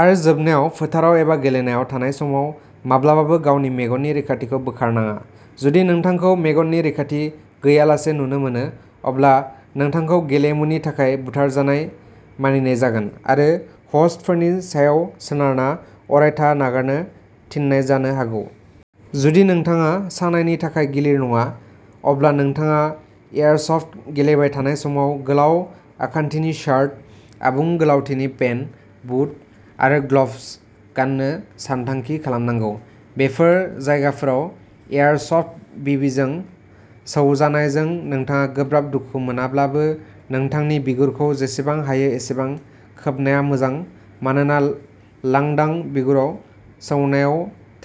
आरो जोबनायाव, फोथाराव एबा गेलेनायाव थानाय समाव माब्लाबाबो गावनि मेगननि रैखाथिखौ बोखारनाङा। जुदि नोंथांखौ मेगननि रैखाथि गैयालासे नुनो मोनो, अब्ला नोंथांखौ गेलेमुनि थाखाय "बुथारजानाय" मानिनाय जागोन आरो, ह'स्टफोरनि सायाव सोनारना, अरायथा नागारनो थिननाय जानो हागौ! जुदि नोंथाङा सानायनि थाखाय गिलिर नङा, अब्ला नोंथाङा एयारसफ्ट गेलेबाय थानाय समाव गोलाव आखान्थिनि शार्ट, आबुं गोलावथिनि पेन्ट, बुट आरो ग्ल'भ्स गान्नो सानथांखि खालामनांगौ। बेफोर जायगाफोराव एयारसफ्ट बिबिजों सौजानायजों नोंथाङा गोब्राब दुखु मोनाब्लाबो, नोंथांनि बिगुरखौ जेसेबां हायो एसेबां खोबनाया मोजां मानोना लांदां बिगुराव सौनायाव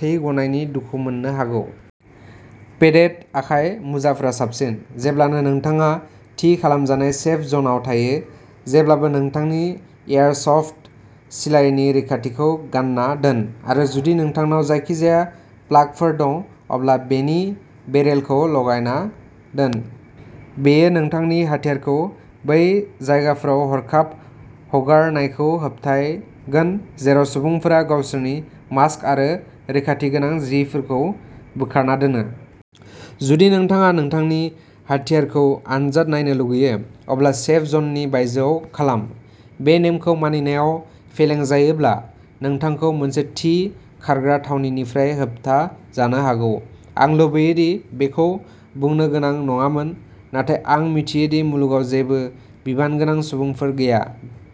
थै गनायनि दुखु मोननो हागौ। पेडेड आखाइ मुजाफोरा साबसिन। जेब्लानो नोंथाङा थि खालामजानाय सेफ जनआव थायो, जेब्लाबो नोंथांनि एयारसफ्ट सिलाइनि रैखाथिखौ गानना दोन आरो जुदि नोंथांनाव जायखिजाया प्लागफोर दं, अब्ला बेनि बेरेलखौ लागायना दोन। बेयो नोंथांनि हाथियारखौ बै जायगाफोराव हरखाब हगारनायखौ होबथायगोन जेराव सुबुंफोरा गावसोरनि मास्क आरो रैखाथि गोनां जिफोरखौ बोखारना दोनो। जुदि नोंथाङा नोंथांनि हाथियारखौ आनजाद नायनो लुगैयो, अब्ला सेफ जननि बायजोआव खालाम। बे नेमखौ मानिनायाव फेलें जायोब्ला नोंथांखौ मोनसे थि खारग्रा थावनिनिफ्राय होबथाजानो हागौ। आं लुबैयो दि बेखौ बुंनो गोनां नङामोन, नाथाय आं मिथियो दि मुलुगाव जेबो बिबानगोनां सुबुंफोर गैया,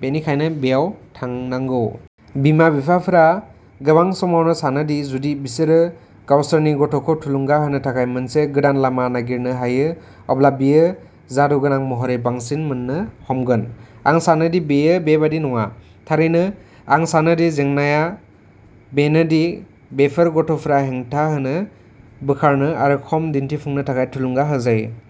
बेनिखायनो बेयाव थांनांगौ। बिमा-बिफाफोरा गोबां समावनो सानो दि जुदि बिसोरो गावसोरनि गथ'खौ थुलुंगा होनो थाखाय मोनसे गोदान लामा नागिरनो हायो, अब्ला बियो जादुगोनां महरै बांसिन मोन्नो हमगोन। आं सानो दि बेयो बेबादि नङा। थारैनो, आं सानो दि जेंनाआ बेनो दि बेफोर गथ'फोरा हेंथा होनो, बोखारनो आरो खम दिन्थिफुंनो थाखाय थुलुंगा होजायो।